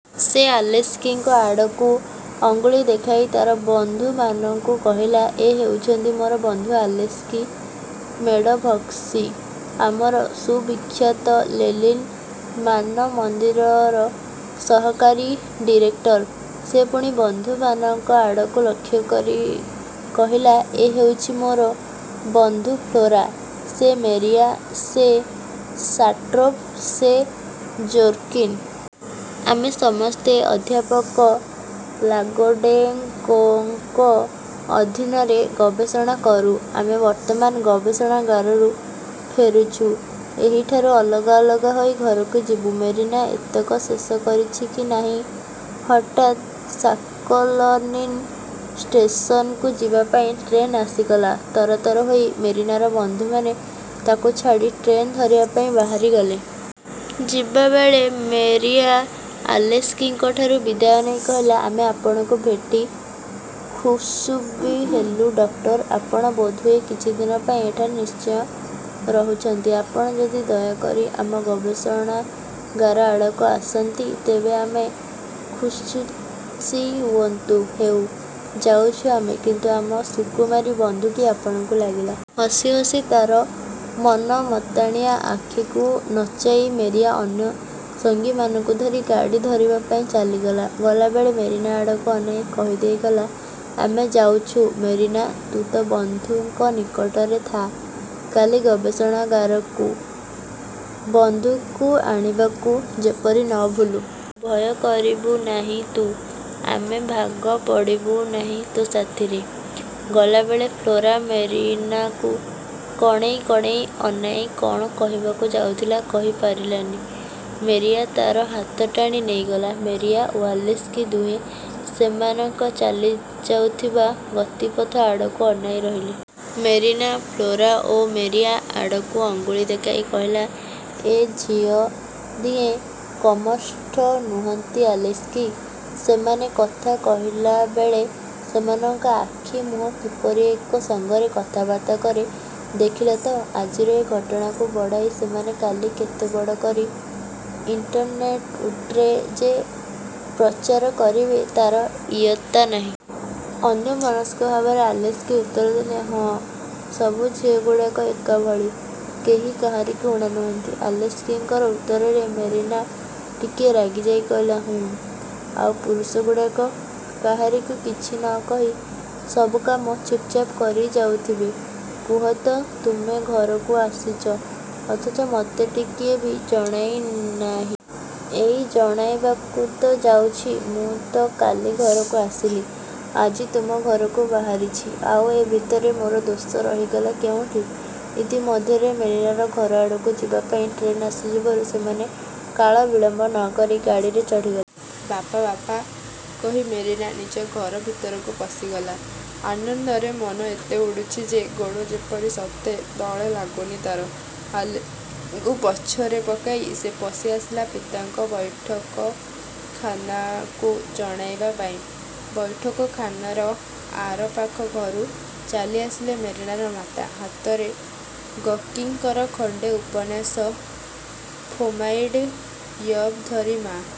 ସେ ଆଲେସ୍କିଙ୍କ ଆଡ଼କୁ ଅଙ୍ଗୁଳି ଦେଖାଇ ତାର ବନ୍ଧୁମାନଙ୍କୁ କହିଲା, ''ଏ ହେଉଛନ୍ତି ମୋର ବନ୍ଧୁ ଆଲେସ୍କି ମେଡ଼ୋଭସ୍କି, ଆମର ସୁବିଖ୍ୟାତ ଲେନିନ୍ ମାନମନ୍ଦିରର ସହକାରୀ ଡିରେକ୍ଟର। '' ସେ ପୁଣି ବନ୍ଧୁମାନଙ୍କ ଆଡ଼କୁ ଲକ୍ଷ୍ୟକରି କହିଲା,''ଏ ହେଉଛି ମୋର ବନ୍ଧୁ ଫ୍ଲୋରା, ସେ ମେରିଆ, ସେ ଶାଟ୍ରୋଭ, ସେ ଜୋରକିନ୍। ଆମେ ସମସ୍ତେ ଅଧ୍ୟାପକ ଲାଗୋଡ଼େଙ୍କୋଙ୍କ ଅଧୀନରେ ଗବେଷଣା କରୁ। ଆମେ ବର୍ତ୍ତମାନ ଗବେଷଣାଗାରରୁ ଫେରୁଛୁଁ; ଏହିଠାରୁ ଅଲଗା ଅଲଗା ହୋଇ ଘରକୁ ଯିବୁ। '' ମେରିନା ଏତକ ଶେଷ କରିଛି କି ନାହିଁ, ହଠାତ୍ ସୋକୋଲନିନି ଷ୍ଟେସନକୁ ଯିବା ପାଇଁ ଟ୍ରେନ ଆସିଗଲା। ତରତର ହୋଇ ମେରିନାର ବନ୍ଧୁମାନେ ତାକୁ ଛାଡ଼ି ଟ୍ରେନ ଧରିବାପାଇଁ ବାହାରିଗଲେ। ଯିବାବେଳେ ମେରିଆ ଆଲେସ୍କିଠାରୁ ବିଦାୟ ନେଇ କହିଲା, ''ଆମେ ଆପଣଙ୍କୁ ଭେଟି ଖୁବ୍ଖୁସି ହେଲୁ ଡକ୍ଟର! ଆପଣ ବୋଧହୁଏ କିଛିଦିନ ପାଇଁ ଏଠାରେ ନିଶ୍ଚୟ ରହୁଛନ୍ତି। ଆପଣ ଯଦି ଦୟାକରି ଆମ ଗବେଷଣାଗାର ଆଡ଼କୁ ଆସନ୍ତି, ତେବେ ଆମେ ଖୁବ୍ଖୁସି ହୁଅନ୍ତୁ। ହେଉ, ଯାଉଛୁଁ ଆମେ, କିନ୍ତୁ ଆମ ସୁକୁମାରୀ ବନ୍ଧୁଟି ଆପଣଙ୍କୁ ଲାଗିଲା। '' ହସି ହସି ତା'ର ମନମତାଣିଆ ଆଖିକୁ ନଚାଇ ମେରିଆ ଅନ୍ୟ ସଙ୍ଗୀମାନଙ୍କୁ ଧରି ଗାଡ଼ି ଧରିବା ପାଇଁ ଚାଲିଗଲା। ଗଲାବେଳେ ମେରିନା ଆଡ଼କୁ ଅନାଇ କହିଦେଇ ଗଲା-''ଆମେ ଯାଉଛୁ ମେରିନା ତୁ ତୋ ବନ୍ଧୁଙ୍କ ନିକଟରେ ଥା'। କାଲି ଗବେଷଣାଗାରକୁ। ବନ୍ଧୁକୁ ଆଣିବାକୁ ଯେପରି ନ ଭୁଲୁ। ଭୟ କରିବୁ ନାହିଁ ତୁ, ଆମେ ଭାଗ ପଡ଼ିବୁ ନାହିଁ ତୋ ସାଥିରେ। '' ଗଲାବେଳେ ଫ୍ଲୋରା ମେରିନାକୁ କଣେଇ କଣେଇ ଅନାଇ କ'ଣ କହିବାକୁ ଯାଉଥିଲା, କହି ପାରିଲାନି। ମେରିଆ ତା'ର ହାତ ଟାଣି ନେଇଗଲା। ମେରିନା ଓ ଆଲେସ୍କି ଦୁହେଁ ସେମାନଙ୍କ ଚାଲିଯାଉଥିବା ଗତିପଥ ଆଡ଼କୁ ଅନାଇ ରହିଲେ। ମେରିନା, ଫ୍ଲୋରା ଓ ମେରିଆ ଆଡ଼କୁ ଅଙ୍ଗୁଳି ଦେଖାଇ କହିଲା,''ଏ ଝିଅ ଦିହେଁ କମ୍ଦୁଷ୍ଟ ନୁହନ୍ତି ଆଲେସ୍କି! ସେମାନେ କଥା କହିଲାବେଳେ ସେମାନଙ୍କ ଆଖି ମୁହଁ କିପରି ଏକ ସଙ୍ଗରେ କଥାବାର୍ତ୍ତା କରେ ଦେଖିଲ ତ? ଆଜିର ଏଇ ଘଟଣାକୁ ବଢ଼ାଇ ସେମାନେ କାଲି କେତେ ବଡ଼ କରି ଇନ୍ଷ୍ଟିଚିଉଟ୍ରେ ଯେ ପ୍ରଚାର କରିବେ ତା'ର ଇୟତ୍ତା ନାହିଁ। '' ଅନ୍ୟମନସ୍କ ଭାବରେ ଆଲେସ୍କି ଉତ୍ତର ଦେଲେ-''ହଁ, ସବୁ ଝିଅଗୁଡ଼ାକ ଏକାଭଳି। କେହି କାହାରିକି ଊଣା ନୁହଁନ୍ତି। '' ଆଲେସ୍କିଙ୍କର ଉତ୍ତରରେ ମେରିନା ଟିକିଏ ରାଗିଯାଇ କହିଲା–''ହୁଁ? ଆଉ ପୁରୁଷଗୁଡ଼ାକ? କାହାରିକୁ କିଛି ନ କହି ସବୁ କାମ ଚୁପ୍ଚାପ୍ କରି ଯାଉଥିବେ। କୁହ ତ, ତମେ ଘରକୁ ଆସିଚ; ଅଥଚ ମୋତେ ଟିକିଏ ବି ଜଣାଇ ନାହଁ। '' ''ଏଇ ଜଣାଇବାକୁ ତ ଯାଉଛି। ମୁଁ ତ କାଲି ଘରକୁ ଆସିଲି; ଆଜି ତୁମ ଘରକୁ ବାହାରିଛି। ଆଉ ଏ ଭିତରେ ମୋର ଦୋଷ ରହିଗଲା କେଉଁଠି? '' ଇତି ମଧ୍ୟରେ ମେରିନାର ଘର ଆଡ଼କୁ ଯିବାପାଇଁ ଟ୍ରେନ୍ ଆସିଯିବାରୁ ସେମାନେ କାଳବିଳମ୍ୱ ନ କରି ଗାଡ଼ିରେ ଚଢ଼ିଗଲେ। ''ବାପା, ବାପା'' କହି ମେରିନା ନିଜ ଘର ଭିତରକୁ ପଶିଗଲା। ଆନନ୍ଦରେ ମନ ଏତେ ଉଡ଼ୁଛି ଯେ, ଗୋଡ଼ ଯେପରି ସତେ ତଳେ ଲାଗୁନି ତାର। ଆଲେସ୍କିଙ୍କୁ ପଛରେ ପକାଇ ସେ ପଶିଆସିଲା ପିତାଙ୍କ ବୈଠକଖାନାକୁ ଜଣାଇବା ପାଇଁ। ବୈଠକଖାନାର ଆରପାଖ ଘରୁ ଚାଲିଆସିଲେ ମେରିନାର ମାତା, ହାତରେ ଗର୍କିଙ୍କର ଖଣ୍ଡେ ଉପନ୍ୟାସ 'ଫୋମାଇଡ଼୍ ୟେଭ୍' ଧରି। 'ମା